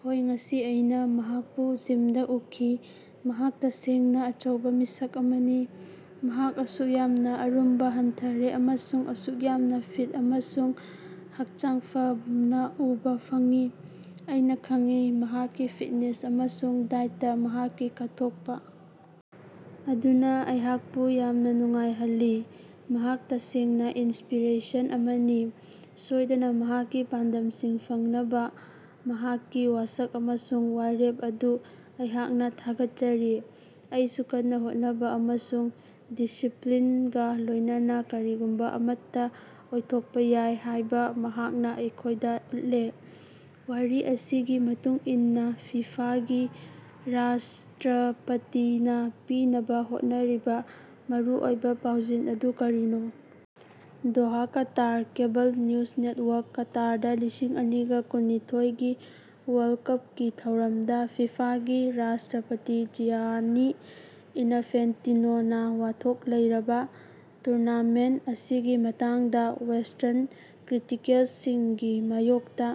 ꯍꯣꯏ ꯉꯁꯤ ꯑꯩꯅ ꯃꯍꯥꯛꯄꯨ ꯖꯤꯝꯗ ꯎꯈꯤ꯫ ꯃꯍꯥꯛ ꯇꯁꯦꯡꯅ ꯑꯆꯧꯕ ꯃꯤꯁꯛ ꯑꯃꯅꯤ꯫ ꯃꯍꯥꯛ ꯑꯁꯨꯛ ꯌꯥꯝꯅ ꯑꯔꯨꯝꯕ ꯍꯟꯊꯔꯦ ꯑꯃꯁꯨꯡ ꯑꯁꯨꯛ ꯌꯥꯝꯅ ꯐꯤꯠ ꯑꯃꯁꯨꯡ ꯍꯛꯆꯥꯡ ꯐꯅ ꯎꯕ ꯐꯪꯏ꯫ ꯑꯩꯅ ꯈꯪꯏ꯫ ꯃꯍꯥꯛꯀꯤ ꯐꯤꯠꯅꯦꯁ ꯑꯃꯁꯨꯡ ꯗꯥꯏꯇ ꯃꯍꯥꯛꯀꯤ ꯀꯠꯊꯣꯛꯄ ꯑꯗꯨꯅ ꯑꯩꯍꯥꯛꯄꯨ ꯌꯥꯝꯅ ꯅꯨꯡꯉꯥꯏꯍꯜꯂꯤ꯫ ꯃꯍꯥꯛ ꯇꯁꯦꯡꯅ ꯏꯟꯁꯄꯤꯔꯦꯁꯟ ꯑꯃꯅꯤ꯫ ꯁꯣꯏꯗꯅ ꯃꯍꯥꯛꯀꯤ ꯄꯥꯟꯗꯝꯁꯤꯡ ꯐꯪꯅꯕ ꯃꯍꯥꯛꯀꯤ ꯋꯥꯁꯛ ꯑꯃꯁꯨꯡ ꯋꯥꯔꯦꯞ ꯑꯗꯨ ꯑꯩꯍꯥꯛꯅ ꯊꯥꯒꯠꯆꯔꯤ꯫ ꯑꯩꯁꯨ ꯀꯟꯅ ꯍꯣꯠꯅꯕ ꯑꯃꯁꯨꯡ ꯗꯤꯁꯤꯞꯂꯤꯟꯒ ꯂꯣꯏꯅꯅ ꯀꯔꯤꯒꯨꯝꯕ ꯑꯃꯠꯇ ꯑꯣꯏꯊꯣꯛꯄ ꯌꯥꯏ ꯍꯥꯏꯕ ꯃꯍꯥꯛꯅ ꯑꯩꯈꯣꯏꯗ ꯎꯠꯂꯦ꯫ ꯋꯥꯔꯤ ꯑꯁꯤꯒꯤ ꯃꯇꯨꯡ ꯏꯟꯅ ꯐꯤꯐꯥꯒꯤ ꯔꯥꯁ꯭ꯇꯔꯄꯇꯤꯅꯥ ꯄꯤꯅꯕ ꯍꯣꯠꯅꯔꯤꯕ ꯃꯔꯨꯑꯣꯏꯕ ꯄꯥꯎꯖꯦꯜ ꯑꯗꯨ ꯀꯔꯤꯅꯣ? Doha Qatar (cable news network) — ꯀꯇꯥꯔꯗ ꯂꯤꯁꯤꯡ ꯑꯅꯤꯒ ꯀꯨꯟꯅꯤꯊꯣꯏꯒꯤ ꯋꯥꯔꯜꯗ ꯀꯄꯀꯤ ꯊꯧꯔꯝꯗ ꯐꯤꯐꯥꯒꯤ ꯔꯥꯁ꯭ꯇꯔꯄꯇꯤ ꯖꯤꯌꯥꯅꯤ ꯏꯅꯐꯦꯟꯇꯤꯅꯣꯅꯥ ꯋꯥꯊꯣꯛ ꯂꯩꯔꯕ ꯇꯨꯔꯅꯥꯃꯦꯟꯇ ꯑꯁꯤꯒꯤ ꯃꯇꯥꯡꯗ ꯋꯦꯁ꯭ꯇꯔꯟ ꯀ꯭ꯔꯤꯇꯤꯀꯦꯜꯁꯤꯡꯒꯤ ꯃꯥꯌꯣꯛꯇ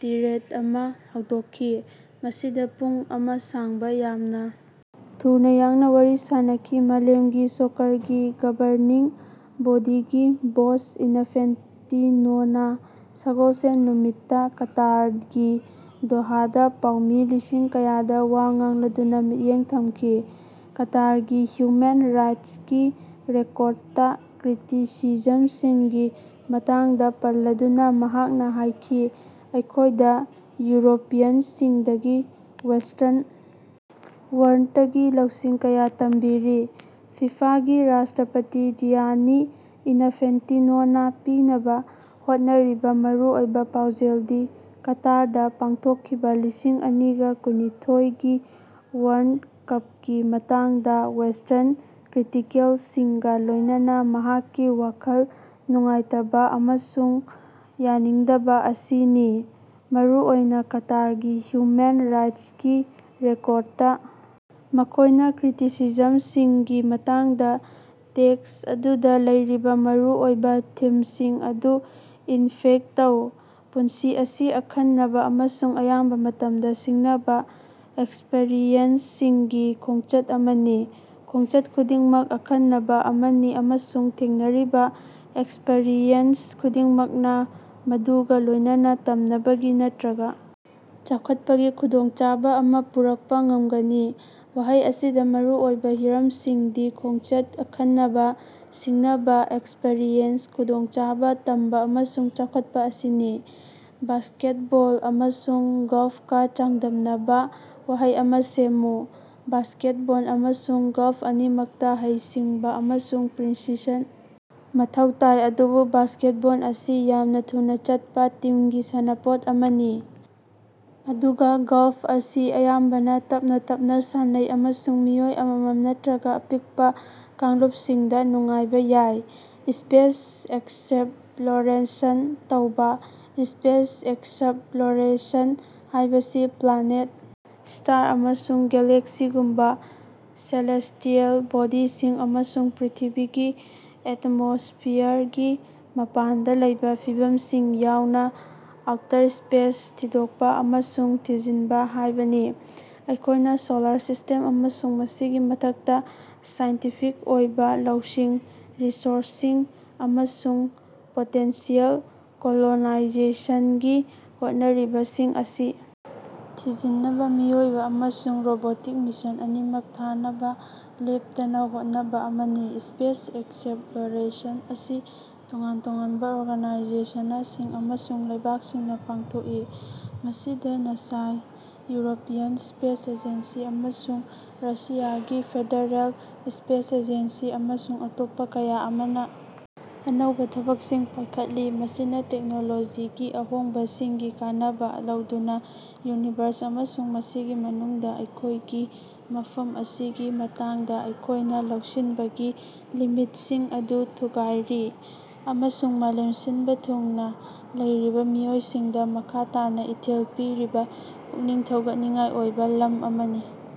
ꯇꯤꯔꯦꯗ ꯑꯃ ꯍꯧꯗꯣꯛꯈꯤ꯫ ꯃꯁꯤꯗ ꯄꯨꯡ ꯑꯃ ꯁꯥꯡꯕ ꯌꯥꯝꯅ ꯊꯨꯅ ꯌꯥꯡꯅ ꯋꯥꯔꯤ ꯁꯥꯅꯈꯤ꯫ ꯃꯥꯂꯦꯝꯒꯤ ꯁꯣꯀꯔꯒꯤ ꯒꯕꯔꯅꯤꯡ ꯕꯣꯗꯤꯒꯤ ꯕꯣꯁ ꯏꯅꯐꯦꯟꯇꯤꯅꯣꯅꯥ ꯁꯒꯣꯜꯁꯦꯟ ꯅꯨꯃꯤꯠꯇ ꯀꯇꯥꯔꯒꯤ ꯗꯣꯍꯥꯗꯥ ꯄꯥꯎꯃꯤ ꯂꯤꯁꯤꯡ ꯀꯌꯥꯗ ꯋꯥ ꯉꯥꯡꯂꯗꯨꯅ ꯃꯤꯠꯌꯦꯡ ꯊꯝꯈꯤ꯫ ꯀꯇꯥꯔꯒꯤ ꯍ꯭ꯌꯨꯃꯦꯟ ꯔꯥꯏꯠꯁꯀꯤ ꯔꯦꯀꯣꯔꯗꯇ ꯀ꯭ꯔꯤꯇꯤꯁꯤꯖꯝꯁꯤꯡꯒꯤ ꯃꯇꯥꯡꯗꯥ ꯄꯜꯂꯗꯨꯅꯥ ꯃꯍꯥꯛꯅꯥ ꯍꯥꯏꯈꯤ, "ꯑꯩꯈꯣꯏꯗ ꯌꯨꯔꯣꯄꯤꯌꯟꯁꯤꯡꯗꯒꯤ, ꯋꯦꯁ꯭ꯇꯔꯟ ꯋꯥꯔꯜꯗꯇꯒꯤ ꯂꯧꯁꯤꯡ ꯀꯌꯥ ꯇꯝꯕꯤꯔꯤ꯫" ꯐꯤꯐꯥꯒꯤ ꯔꯥꯁ꯭ꯇꯔꯄꯇꯤ ꯖꯤꯌꯥꯅꯤ ꯏꯅꯐꯦꯟꯇꯤꯅꯣꯅꯥ ꯄꯤꯅꯕ ꯍꯣꯠꯅꯔꯤꯕ ꯃꯔꯨꯑꯣꯏꯕ ꯄꯥꯎꯖꯦꯜꯗꯤ ꯀꯇꯥꯔꯗꯥ ꯄꯥꯡꯊꯣꯛꯈꯤꯕ ꯂꯤꯁꯤꯡ ꯑꯅꯤꯒ ꯀꯨꯟꯅꯤꯊꯣꯏꯒꯤ ꯋꯥꯔꯜꯗ ꯀꯄꯀꯤ ꯃꯇꯥꯡꯗ ꯋꯦꯁ꯭ꯇꯔꯟ ꯀ꯭ꯔꯤꯇꯤꯀꯦꯜꯁꯤꯡꯒ ꯂꯣꯏꯅꯅ ꯃꯍꯥꯛꯀꯤ ꯋꯥꯈꯜ ꯅꯨꯡꯉꯥꯏꯇꯕꯥꯑꯃꯁꯨꯡ ꯌꯥꯅꯤꯡꯗꯕ ꯑꯁꯤꯅꯤ꯫ ꯃꯔꯨꯑꯣꯏꯅ ꯀꯇꯥꯔꯒꯤ ꯍ꯭ꯌꯨꯃꯦꯟ ꯔꯥꯏꯠꯁꯀꯤ ꯔꯦꯀꯣꯔꯗꯇ ꯃꯈꯣꯏꯅ ꯀ꯭ꯔꯤꯇꯤꯁꯤꯖꯝꯁꯤꯡꯒꯤ ꯃꯇꯥꯡꯗ ꯇꯦꯛꯁ ꯑꯗꯨꯗ ꯂꯩꯔꯤꯕ ꯃꯔꯨꯑꯣꯏꯕ ꯊꯤꯝꯁꯤꯡ ꯑꯗꯨ ꯏꯟꯐꯦꯛꯇ ꯇꯧ꯫ ꯄꯨꯟꯁꯤ ꯑꯁꯤ ꯑꯈꯟꯅꯕ ꯑꯃꯁꯨꯡ ꯑꯌꯥꯝꯕ ꯃꯇꯝꯗ ꯁꯤꯡꯅꯕ ꯑꯦꯛꯁꯄꯔꯤꯌꯦꯟꯁꯁꯤꯡꯒꯤ ꯈꯣꯡꯆꯠ ꯑꯃꯅꯤ꯫ ꯈꯣꯡꯆꯠ ꯈꯨꯗꯤꯡꯃꯛ ꯑꯈꯟꯅꯕ ꯑꯃꯅꯤ ꯑꯃꯁꯨꯡ ꯊꯦꯡꯅꯔꯤꯕ ꯑꯦꯛꯁꯄꯔꯤꯌꯦꯟꯁ ꯈꯨꯗꯤꯡꯃꯛꯅ ꯃꯗꯨꯒ ꯂꯣꯏꯅꯅ ꯇꯝꯅꯕꯒꯤ ꯅꯠꯇ꯭ꯔꯒ ꯆꯥꯎꯈꯠꯄꯒꯤ ꯈꯨꯗꯣꯡꯆꯥꯕ ꯑꯃꯥ ꯄꯨꯔꯛꯄ ꯉꯝꯒꯅꯤ꯫ ꯋꯥꯍꯩ ꯑꯁꯤꯗ ꯃꯔꯨ ꯑꯣꯏꯕ ꯍꯤꯔꯝꯁꯤꯡꯗꯤ ꯈꯣꯡꯆꯠ, ꯑꯈꯟꯅꯕ, ꯁꯤꯡꯅꯕ ꯑꯦꯛꯁꯄꯔꯤꯌꯦꯟꯁ, ꯈꯨꯗꯣꯡꯆꯥꯕ, ꯇꯝꯕ ꯑꯃꯁꯨꯡ ꯆꯥꯎꯈꯠꯄ ꯑꯁꯤꯅꯤ꯫ ꯕꯥꯁ꯭ꯀꯦꯠꯕꯣꯜ ꯑꯃꯁꯨꯡ ꯒꯜꯐꯀ ꯆꯥꯡꯗꯝꯅꯕ ꯋꯥꯍꯩ ꯑꯃ ꯁꯦꯝꯃꯨ꯫ ꯕꯥꯁ꯭ꯀꯦꯠꯕꯣꯜ ꯑꯃꯁꯨꯡ ꯒꯜꯐ ꯑꯅꯤꯃꯛꯇ ꯍꯩꯁꯤꯡꯕ ꯑꯃꯁꯨꯡ ꯄ꯭ꯔꯤꯁꯤꯁꯟ ꯃꯊꯧ ꯇꯥꯏ꯫ ꯑꯗꯨꯕꯨ ꯕꯥꯁ꯭ꯀꯦꯠꯕꯣꯜ ꯑꯁꯤ ꯌꯥꯝꯅ ꯊꯨꯅ ꯆꯠꯄ ꯇꯤꯝꯒꯤ ꯁꯥꯟꯅꯄꯣꯠ ꯑꯃꯅꯤ꯫ ꯑꯗꯨꯕꯨ ꯒꯜꯐ ꯑꯁꯤ ꯑꯌꯥꯝꯕꯅ ꯇꯞꯅ ꯇꯞꯅ ꯁꯥꯟꯅꯩ ꯑꯃꯁꯨꯡ ꯃꯤꯑꯣꯏ ꯑꯃꯃꯝ ꯅꯠꯇ꯭ꯔꯒ ꯑꯄꯤꯛꯄ ꯀꯥꯡꯂꯨꯄꯁꯤꯡꯗ ꯅꯨꯡꯉꯥꯏꯕ ꯌꯥꯏ꯫ ꯁ꯭ꯄꯦꯁ ꯑꯦꯛꯁꯞꯂꯣꯔꯦꯁꯟ ꯇꯧꯕ꯫ ꯁ꯭ꯄꯦꯁ ꯑꯦꯛꯁꯞꯂꯣꯔꯦꯁꯟ ꯍꯥꯏꯕꯁꯤ ꯄ꯭ꯂꯥꯅꯦꯠ, ꯁ꯭ꯇꯥꯔ ꯑꯃꯁꯨꯡ ꯒꯦꯂꯦꯛꯁꯤꯒꯨꯝꯕ ꯁꯦꯂꯦꯁ꯭ꯇꯤꯑꯦꯜ ꯕꯣꯗꯤꯁꯤꯡ ꯑꯃꯁꯨꯡ ꯄ꯭ꯔ꯭ꯤꯊꯤꯕꯤꯒꯤ ꯑꯦꯇꯃꯣꯁ꯭ꯐꯤꯌꯔꯒꯤ ꯃꯄꯥꯟꯗ ꯂꯩꯕ ꯐꯤꯚꯝꯁꯤꯡ ꯌꯥꯎꯅ ꯑꯥꯎꯇꯔ ꯁ꯭ꯄꯦꯁ ꯊꯤꯗꯣꯛꯄ ꯑꯃꯁꯨꯡ ꯊꯤꯖꯤꯟꯕ ꯍꯥꯏꯕꯅꯤ꯫ ꯑꯩꯈꯣꯏꯒꯤ ꯁꯣꯂꯥꯔ ꯁꯤꯁ꯭ꯇꯦꯝ, ꯑꯃꯁꯨꯡ ꯃꯁꯤꯒꯤ ꯃꯊꯛꯇ, ꯁꯥꯏꯟꯇꯤꯐꯤꯛ ꯑꯣꯏꯕ ꯂꯧꯁꯤꯡ, ꯔꯤꯁꯣꯔꯁꯁꯤꯡ, ꯑꯃꯁꯨꯡ ꯄꯣꯇꯦꯟꯁꯤꯌꯦꯜ ꯀꯣꯂꯣꯅꯥꯏꯖꯦꯁꯟꯒꯤ ꯍꯣꯠꯅꯔꯤꯕꯁꯤꯡ ꯑꯁꯤ ꯊꯤꯖꯤꯟꯅꯕ ꯃꯤꯑꯣꯏꯕ ꯑꯃꯁꯨꯡ ꯔꯣꯕꯣꯇꯤꯛ ꯃꯤꯁꯟ ꯑꯅꯤꯃꯛ ꯊꯥꯅꯕ ꯂꯦꯞꯇꯅ ꯍꯣꯠꯅꯕ ꯑꯃꯅꯤ꯫ ꯁ꯭ꯄꯦꯁ ꯑꯦꯛꯁꯞꯂꯣꯔꯦꯁꯟ ꯑꯁꯤ ꯇꯣꯉꯥꯟ ꯇꯣꯉꯥꯟꯕ ꯑꯣꯔꯒꯅꯥꯏꯖꯦꯁꯅꯁꯤꯡ ꯑꯃꯁꯨꯡ ꯂꯩꯕꯥꯛꯁꯤꯡꯅ ꯄꯥꯡꯊꯣꯛꯏ꯫ ꯃꯁꯤꯗ ꯅꯥꯁꯥ, ꯌꯨꯔꯣꯄꯤꯌꯟ ꯁ꯭ꯄꯦꯁ ꯑꯦꯖꯦꯟꯁꯤ, ꯑꯃꯁꯨꯡ ꯔꯁꯤꯌꯥꯒꯤ ꯐꯦꯗꯔꯦꯜ ꯁ꯭ꯄꯦꯁ ꯑꯦꯖꯦꯟꯁꯤ, ꯑꯃꯁꯨꯡ ꯑꯇꯣꯞꯄ ꯀꯌꯥ ꯑꯃꯅ ꯑꯅꯧꯕ ꯊꯕꯛꯁꯤꯡ ꯄꯥꯏꯈꯠꯂꯤ꯫ ꯃꯁꯤꯅ ꯇꯦꯛꯅꯣꯂꯣꯖꯤꯒꯤ ꯑꯍꯣꯡꯕꯁꯤꯡꯒꯤ ꯀꯥꯟꯅꯕ ꯂꯧꯗꯨꯅ ꯌꯨꯅꯤꯚꯔꯁ ꯑꯃꯁꯨꯡ ꯃꯁꯤꯒꯤ ꯃꯅꯨꯡꯗ ꯑꯩꯈꯣꯏꯒꯤ ꯃꯐꯝ ꯑꯁꯤꯒꯤ ꯃꯇꯥꯡꯗ ꯑꯩꯈꯣꯏꯅ ꯂꯧꯁꯤꯟꯕꯒꯤ ꯂꯤꯃꯤꯠꯁꯤꯡ ꯑꯗꯨ ꯊꯨꯒꯥꯏꯔꯤ꯫ ꯑꯃꯁꯨꯡ ꯃꯥꯂꯦꯝ ꯁꯤꯟꯕ ꯊꯨꯡꯅ ꯂꯩꯔꯤꯕ ꯃꯤꯑꯣꯏꯁꯤꯡꯗ ꯃꯈꯥ ꯇꯥꯅ ꯏꯊꯤꯜ ꯄꯤꯔꯤꯕ ꯄꯨꯛꯅꯤꯡ ꯊꯧꯒꯠꯅꯤꯡꯉꯥꯏ ꯑꯣꯏꯕ ꯂꯝ ꯑꯃꯅꯤ꯫